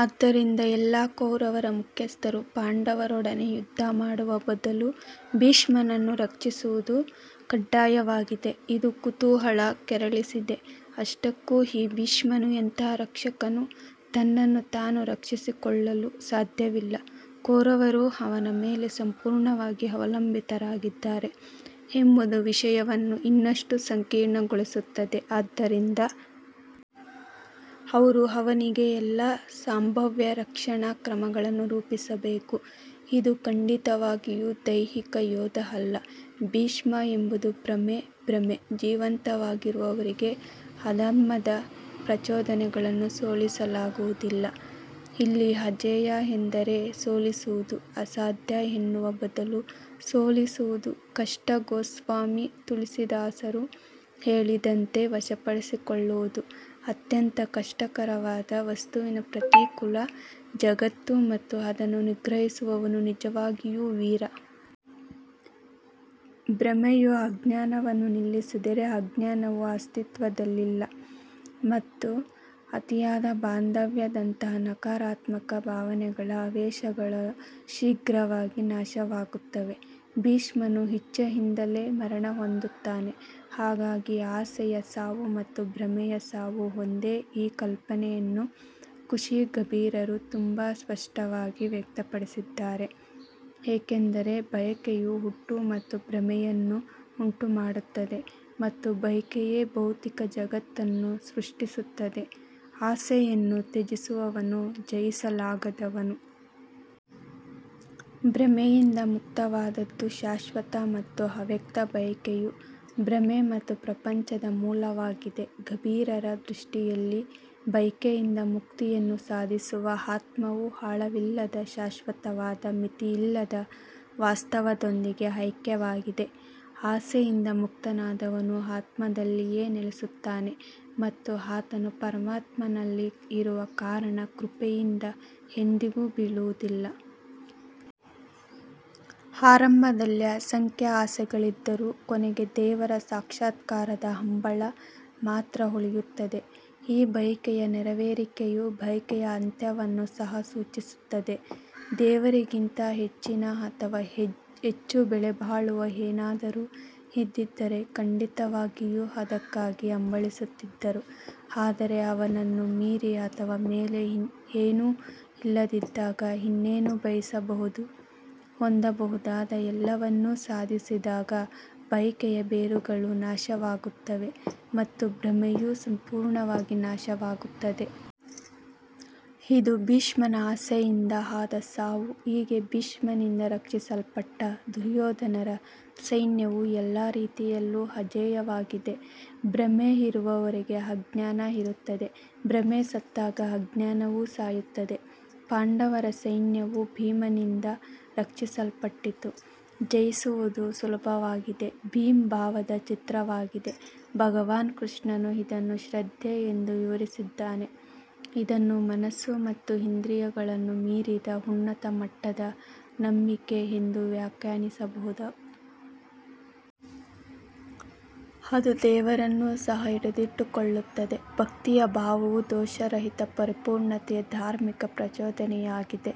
ಆದ್ದರಿಂದ ಎಲ್ಲಾ ಕೌರವರ ಮುಖ್ಯಸ್ಥರು ಪಾಂಡವರೊಡನೆ ಯುದ್ಧ ಮಾಡುವ ಬದಲು ಭೀಷ್ಮನನ್ನು ರಕ್ಷಿಸುವುದು ಕಡ್ಡಾಯವಾಗಿದೆ. ಇದು ಕುತೂಹಲ ಕೆರಳಿಸಿದೆ ಅಷ್ಟಕ್ಕೂ ಈ ಭೀಷ್ಮನು ಎಂತಹ ರಕ್ಷಕನು ತನ್ನನ್ನು ತಾನು ರಕ್ಷಿಸಿಕೊಳ್ಳಲೂ ಸಾಧ್ಯವಿಲ್ಲ ಕೌರವರೂ ಅವನ ಮೇಲೆ ಸಂಪೂರ್ಣವಾಗಿ ಅವಲಂಬಿತರಾಗಿದ್ದಾರೆ ಎಂಬುದು ವಿಷಯವನ್ನು ಇನ್ನಷ್ಟು ಸಂಕೀರ್ಣಗೊಳಿಸುತ್ತದೆ ಆದ್ದರಿಂದ ಅವರು ಅವನಿಗೆ ಎಲ್ಲಾ ಸಂಭಾವ್ಯ ರಕ್ಷಣಾ ಕ್ರಮಗಳನ್ನು ರೂಪಿಸಬೇಕು ಇದು ಖಂಡಿತವಾಗಿಯೂ ದೈಹಿಕ ಯೋಧ ಅಲ್ಲ ಭೀಷ್ಮ ಎಂಬುದು ಭ್ರಮೆ ಭ್ರಮೆ ಜೀವಂತವಾಗಿರುವವರೆಗೆ ಅಧರ್ಮದ ಪ್ರಚೋದನೆಗಳನ್ನು ಸೋಲಿಸಲಾಗುವುದಿಲ್ಲ ಇಲ್ಲಿ ಅಜೇಯ ಎಂದರೆ ಸೋಲಿಸುವುದು ಅಸಾಧ್ಯ ಎನ್ನುವ ಬದಲು ಸೋಲಿಸುವುದು ಕಷ್ಟ ಗೋಸ್ವಾಮಿ ತುಳಸಿದಾಸರು ಹೇಳಿದಂತೆ ವಶಪಡಿಸಿಕೊಳ್ಳುವುದು ಅತ್ಯಂತ ಕಷ್ಟಕರವಾದ ವಸ್ತುವಿನ ಪ್ರತಿಕೂಲ ಜಗತ್ತು ಮತ್ತು ಅದನ್ನು ನಿಗ್ರಹಿಸುವವನು ನಿಜವಾಗಿಯೂ ವೀರ. ಭ್ರಮೆಯು ಅಜ್ಞಾನವನ್ನು ನಿಲ್ಲಿಸಿದರೆ ಅಜ್ಞಾನವು ಅಸ್ತಿತ್ವದಲ್ಲಿಲ್ಲ ಮತ್ತು ಅತಿಯಾದ ಬಾಂಧವ್ಯದಂತಹ ನಕಾರಾತ್ಮಕ ಭಾವನೆಗಳ ಅವಶೇಷಗಳು ಶೀಘ್ರವಾಗಿ ನಾಶವಾಗುತ್ತವೆ ಭೀಷ್ಮನು ಇಚ್ಛೆಯಿಂದಲೇ ಮರಣ ಹೊಂದುತ್ತಾನೆ ಹಾಗಾಗಿ ಆಸೆಯ ಸಾವು ಮತ್ತು ಭ್ರಮೆಯ ಸಾವು ಒಂದೇ ಈ ಕಲ್ಪನೆಯನ್ನು ಋಷಿ ಕಬೀರರು ತುಂಬಾ ಸ್ಪಷ್ಟವಾಗಿ ವ್ಯಕ್ತಪಡಿಸಿದ್ದಾರೆ ಏಕೆಂದರೆ ಬಯಕೆಯು ಹುಟ್ಟು ಮತ್ತು ಭ್ರಮೆಯನ್ನು ಉಂಟುಮಾಡುತ್ತದೆ ಮತ್ತು ಬಯಕೆಯೇ ಭೌತಿಕ ಜಗತ್ತನ್ನು ಸೃಷ್ಟಿಸುತ್ತದೆ, ಆಸೆಯನ್ನು ತ್ಯಜಿಸುವವನು ಜಯಿಸಲಾಗದವನು. ಭ್ರಮೆಯಿಂದ ಮುಕ್ತವಾದದ್ದು ಶಾಶ್ವತ ಮತ್ತು ಅವ್ಯಕ್ತ ಬಯಕೆಯು ಭ್ರಮೆ ಮತ್ತು ಪ್ರಪಂಚದ ಮೂಲವಾಗಿದೆ ಕಬೀರರ ದೃಷ್ಟಿಯಲ್ಲಿ ಬಯಕೆಯಿಂದ ಮುಕ್ತಿಯನ್ನು ಸಾಧಿಸುವ ಆತ್ಮವು ಆಳವಿಲ್ಲದ ಶಾಶ್ವತವಾದ ಮಿತಿಯಿಲ್ಲದ ವಾಸ್ತವದೊಂದಿಗೆ ಐಕ್ಯವಾಗಿದೆ. ಆಸೆಯಿಂದ ಮುಕ್ತನಾದವನು ಆತ್ಮದಲ್ಲಿಯೇ ನೆಲೆಸುತ್ತಾನೆ ಮತ್ತು ಆತನು ಪರಮಾತ್ಮನಲ್ಲಿ ಇರುವ ಕಾರಣ ಕೃಪೆಯಿಂದ ಎಂದಿಗೂ ಬೀಳುವುದಿಲ್ಲ. ಆರಂಭದಲ್ಲಿ ಅಸಂಖ್ಯ ಆಸೆಗಳಿದ್ದರೂ ಕೊನೆಗೆ ದೇವರ ಸಾಕ್ಷಾತ್ಕಾರದ ಹಂಬಲ ಮಾತ್ರ ಉಳಿಯುತ್ತದೆ. ಈ ಬಯಕೆಯ ನೆರವೇರಿಕೆಯು ಬಯಕೆಯ ಅಂತ್ಯವನ್ನು ಸಹ ಸೂಚಿಸುತ್ತದೆ ದೇವರಿಗಿಂತ ಹೆಚ್ಚಿನ ಅಥವಾ ಹೆಚ್ಚು ಬೆಲೆಬಾಳುವ ಏನಾದರೂ ಇದ್ದಿದ್ದರೆ ಖಂಡಿತವಾಗಿಯೂ ಅದಕ್ಕಾಗಿ ಹಂಬಲಿಸುತ್ತಿದ್ದರು ಆದರೆ ಅವನನ್ನು ಮೀರಿ ಅಥವಾ ಮೇಲೆ ಏನೂ ಇಲ್ಲದಿದ್ದಾಗ ಇನ್ನೇನು ಬಯಸಬಹುದು ಹೊಂದಬಹುದಾದ ಎಲ್ಲವನ್ನೂ ಸಾಧಿಸಿದಾಗ ಬಯಕೆಯ ಬೇರುಗಳು ನಾಶವಾಗುತ್ತವೆ ಮತ್ತು ಭ್ರಮೆಯು ಸಂಪೂರ್ಣವಾಗಿ ನಾಶವಾಗುತ್ತದೆ. ಇದು ಭೀಷ್ಮನ ಆಸೆಯಿಂದ ಆದ ಸಾವು ಹೀಗೆ ಭೀಷ್ಮನಿಂದ ರಕ್ಷಿಸಲ್ಪಟ್ಟ ದುರ್ಯೋಧನರ ಸೈನ್ಯವು ಎಲ್ಲ ರೀತಿಯಲ್ಲೂ ಅಜೇಯವಾಗಿದೆ ಭ್ರಮೆ ಇರುವವರೆಗೆ ಅಜ್ಞಾನ ಇರುತ್ತದೆ ಭ್ರಮೆ ಸತ್ತಾಗ ಅಜ್ಞಾನವೂ ಸಾಯುತ್ತದೆ ಪಾಂಡವರ ಸೈನ್ಯವು ಭೀಮನಿಂದ ರಕ್ಷಿಸಲ್ಪಟ್ಟಿತು, ಜಯಿಸುವುದು ಸುಲಭವಾಗಿದೆ ಭೀಮ್ ಭಾವದ ಚಿತ್ರವಾಗಿದೆ ಭಗವಾನ್ ಕೃಷ್ಣನು ಇದನ್ನು ಶ್ರದ್ಧೆ ಎಂದು ವಿವರಿಸಿದ್ದಾನೆ, ಇದನ್ನು ಮನಸ್ಸು ಮತ್ತು ಇಂದ್ರಿಯಗಳನ್ನು ಮೀರಿದ ಉನ್ನತ ಮಟ್ಟದ ನಂಬಿಕೆ ಎಂದು ವ್ಯಾಖ್ಯಾನಿಸಬಹುದು. ಅದು ದೇವರನ್ನೂ ಸಹ ಹಿಡಿದಿಟ್ಟುಕೊಳ್ಳುತ್ತದೆ ಭಕ್ತಿಯ ಭಾವವು ದೋಷರಹಿತ ಪರಿಪೂರ್ಣತೆಯ ಧಾರ್ಮಿಕ ಪ್ರಚೋದನೆಯಾಗಿದೆ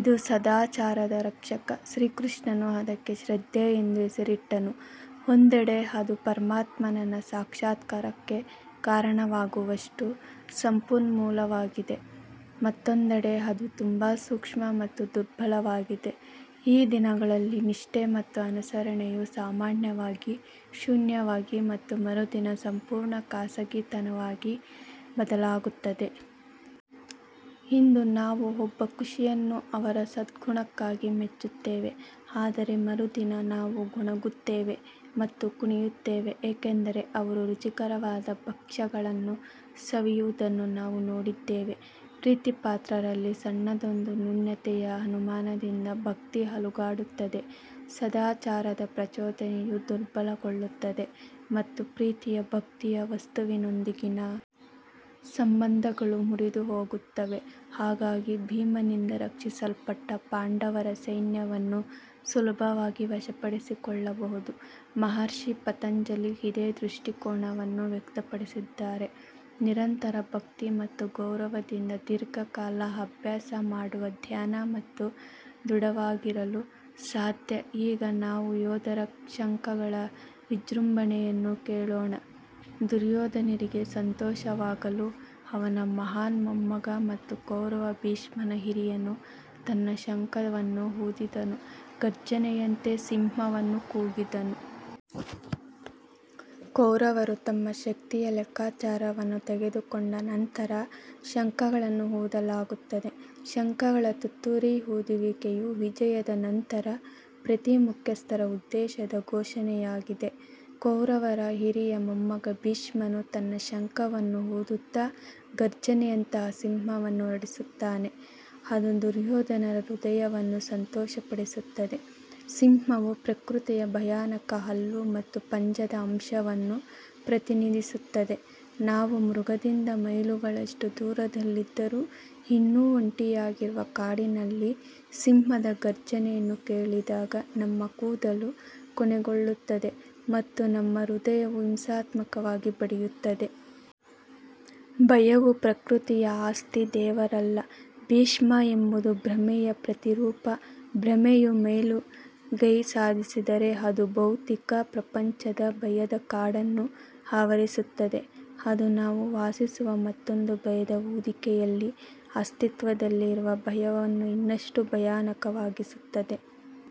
ಇದು ಸದಾಚಾರದ ರಕ್ಷಕ ಶ್ರೀಕೃಷ್ಣನು ಅದಕ್ಕೆ ಶ್ರದ್ಧೆ ಎಂದು ಹೆಸರಿಟ್ಟನು ಒಂದೆಡೆ ಅದು ಪರಮಾತ್ಮನ ಸಾಕ್ಷಾತ್ಕಾರಕ್ಕೆ ಕಾರಣವಾಗುವಷ್ಟು ಸಂಪನ್ಮೂಲವಾಗಿದೆ, ಮತ್ತೊಂದೆಡೆ ಅದು ತುಂಬಾ ಸೂಕ್ಷ್ಮ ಮತ್ತು ದುರ್ಬಲವಾಗಿದೆ, ಈ ದಿನಗಳಲ್ಲಿ ನಿಷ್ಠೆ ಮತ್ತು ಅನುಸರಣೆಯು ಸಾಮಾನ್ಯವಾಗಿ ಶೂನ್ಯವಾಗಿ ಮತ್ತು ಮರುದಿನ ಸಂಪೂರ್ಣ ಖಾಸಗಿತನವಾಗಿ ಬದಲಾಗುತ್ತದೆ. ಇಂದು ನಾವು ಒಬ್ಬ ಋಷಿಯನ್ನು ಅವರ ಸದ್ಗುಣಕ್ಕಾಗಿ ಮೆಚ್ಚುತ್ತೇವೆ ಆದರೆ ಮರುದಿನ ನಾವು ಗೊಣಗುತ್ತೇವೆ ಮತ್ತು ಕುಣಿಯುತ್ತೇವೆ ಏಕೆಂದರೆ ಅವರು ರುಚಿಕರವಾದ ಭಕ್ಷ್ಯಗಳನ್ನು ಸವಿಯುವುದನ್ನು ನಾವು ನೋಡಿದ್ದೇವೆ. ಪ್ರೀತಿಪಾತ್ರರಲ್ಲಿ ಸಣ್ಣದೊಂದು ನ್ಯೂನತೆಯ ಅನುಮಾನದಿಂದ ಭಕ್ತಿ ಅಲುಗಾಡುತ್ತದೆ ಸದಾಚಾರದ ಪ್ರಚೋದನೆಯು ದುರ್ಬಲಗೊಳ್ಳುತ್ತದೆ ಮತ್ತು ಪ್ರೀತಿಯ ಭಕ್ತಿಯ ವಸ್ತುವಿನೊಂದಿಗಿನ ಸಂಬಂಧಗಳು ಮುರಿದುಹೋಗುತ್ತವೆ ಹಾಗಾಗಿ ಭೀಮನಿಂದ ರಕ್ಷಿಸಲ್ಪಟ್ಟ ಪಾಂಡವರ ಸೈನ್ಯವನ್ನು ಸುಲಭವಾಗಿ ವಶಪಡಿಸಿಕೊಳ್ಳಬಹುದು ಮಹರ್ಷಿ ಪತಂಜಲಿ ಇದೇ ದೃಷ್ಟಿಕೋನವನ್ನು ವ್ಯಕ್ತಪಡಿಸಿದ್ದಾರೆ ನಿರಂತರ ಭಕ್ತಿ ಮತ್ತು ಗೌರವದಿಂದ ದೀರ್ಘಕಾಲ ಅಭ್ಯಾಸ ಮಾಡುವ ಧ್ಯಾನ ಮಾತ್ರ ದೃಢವಾಗಿರಲು ಸಾಧ್ಯ ಈಗ ನಾವು ಯೋಧರ ಶಂಖಗಳ ವಿಜೃಂಭಣೆಯನ್ನು ಕೇಳೋಣ ದುರ್ಯೋಧನರಿಗೆ ಸಂತೋಷವಾಗಲು ಅವನ ಮಹಾನ್ ಮೊಮ್ಮಗ ಮತ್ತು ಕೌರವ ಭೀಷ್ಮನ ಹಿರಿಯನು ತನ್ನ ಶಂಖವನ್ನು ಊದಿದನು, ಘರ್ಜನೆಯಂತೆ ಸಿಂಹವನ್ನು ಕೂಗಿದನು. ಕೌರವರು ತಮ್ಮ ಶಕ್ತಿಯ ಲೆಕ್ಕಾಚಾರವನ್ನು ತೆಗೆದುಕೊಂಡ ನಂತರ ಶಂಖಗಳನ್ನು ಊದಲಾಗುತ್ತದೆ ಶಂಖಗಳ ತುತ್ತೂರಿ ಊದುವಿಕೆಯು ವಿಜಯದ ನಂತರ ಪ್ರತಿ ಮುಖ್ಯಸ್ಥರ ಉದ್ದೇಶದ ಘೋಷಣೆಯಾಗಿದೆ. ಕೌರವರ ಹಿರಿಯ ಮೊಮ್ಮಗ ಭೀಷ್ಮನು ತನ್ನ ಶಂಖವನ್ನು ಊದುತ್ತಾ ಘರ್ಜನೆಯಂತಹ ಸಿಂಹವನ್ನು ಹೊರಡಿಸುತ್ತಾನೆ, ಅದು ದುರ್ಯೋಧನರ ಹೃದಯವನ್ನು ಸಂತೋಷಪಡಿಸುತ್ತದೆ. ಸಿಂಹವು ಪ್ರಕೃತಿಯ ಭಯಾನಕ ಹಲ್ಲು ಮತ್ತು ಪಂಜದ ಅಂಶವನ್ನು ಪ್ರತಿನಿಧಿಸುತ್ತದೆ ನಾವು ಮೃಗದಿಂದ ಮೈಲುಗಳಷ್ಟು ದೂರದಲ್ಲಿದ್ದರೂ ಇನ್ನೂ ಒಂಟಿಯಾಗಿರುವ ಕಾಡಿನಲ್ಲಿ ಸಿಂಹದ ಘರ್ಜನೆಯನ್ನು ಕೇಳಿದಾಗ ನಮ್ಮ ಕೂದಲು ಕೊನೆಗೊಳ್ಳುತ್ತದೆ ಮತ್ತು ನಮ್ಮ ಹೃದಯವು ಹಿಂಸಾತ್ಮಕವಾಗಿ ಬಡಿಯುತ್ತದೆ. ಭಯವು ಪ್ರಕೃತಿಯ ಆಸ್ತಿ ದೇವರಲ್ಲ ಭೀಷ್ಮ ಎಂಬುದು ಭ್ರಮೆಯ ಪ್ರತಿರೂಪ ಭ್ರಮೆಯು ಮೇಲುಗೈ ಸಾಧಿಸಿದರೆ ಅದು ಭೌತಿಕ ಪ್ರಪಂಚದ ಭಯದ ಕಾಡನ್ನು ಆವರಿಸುತ್ತದೆ, ಅದು ನಾವು ವಾಸಿಸುವ ಮತ್ತೊಂದು ಭಯದ ಹೊದಿಕೆಯಲ್ಲಿ ಅಸ್ತಿತ್ವದಲ್ಲಿರುವ ಭಯವನ್ನು ಇನ್ನಷ್ಟು ಭಯಾನಕವಾಗಿಸುತ್ತದೆ.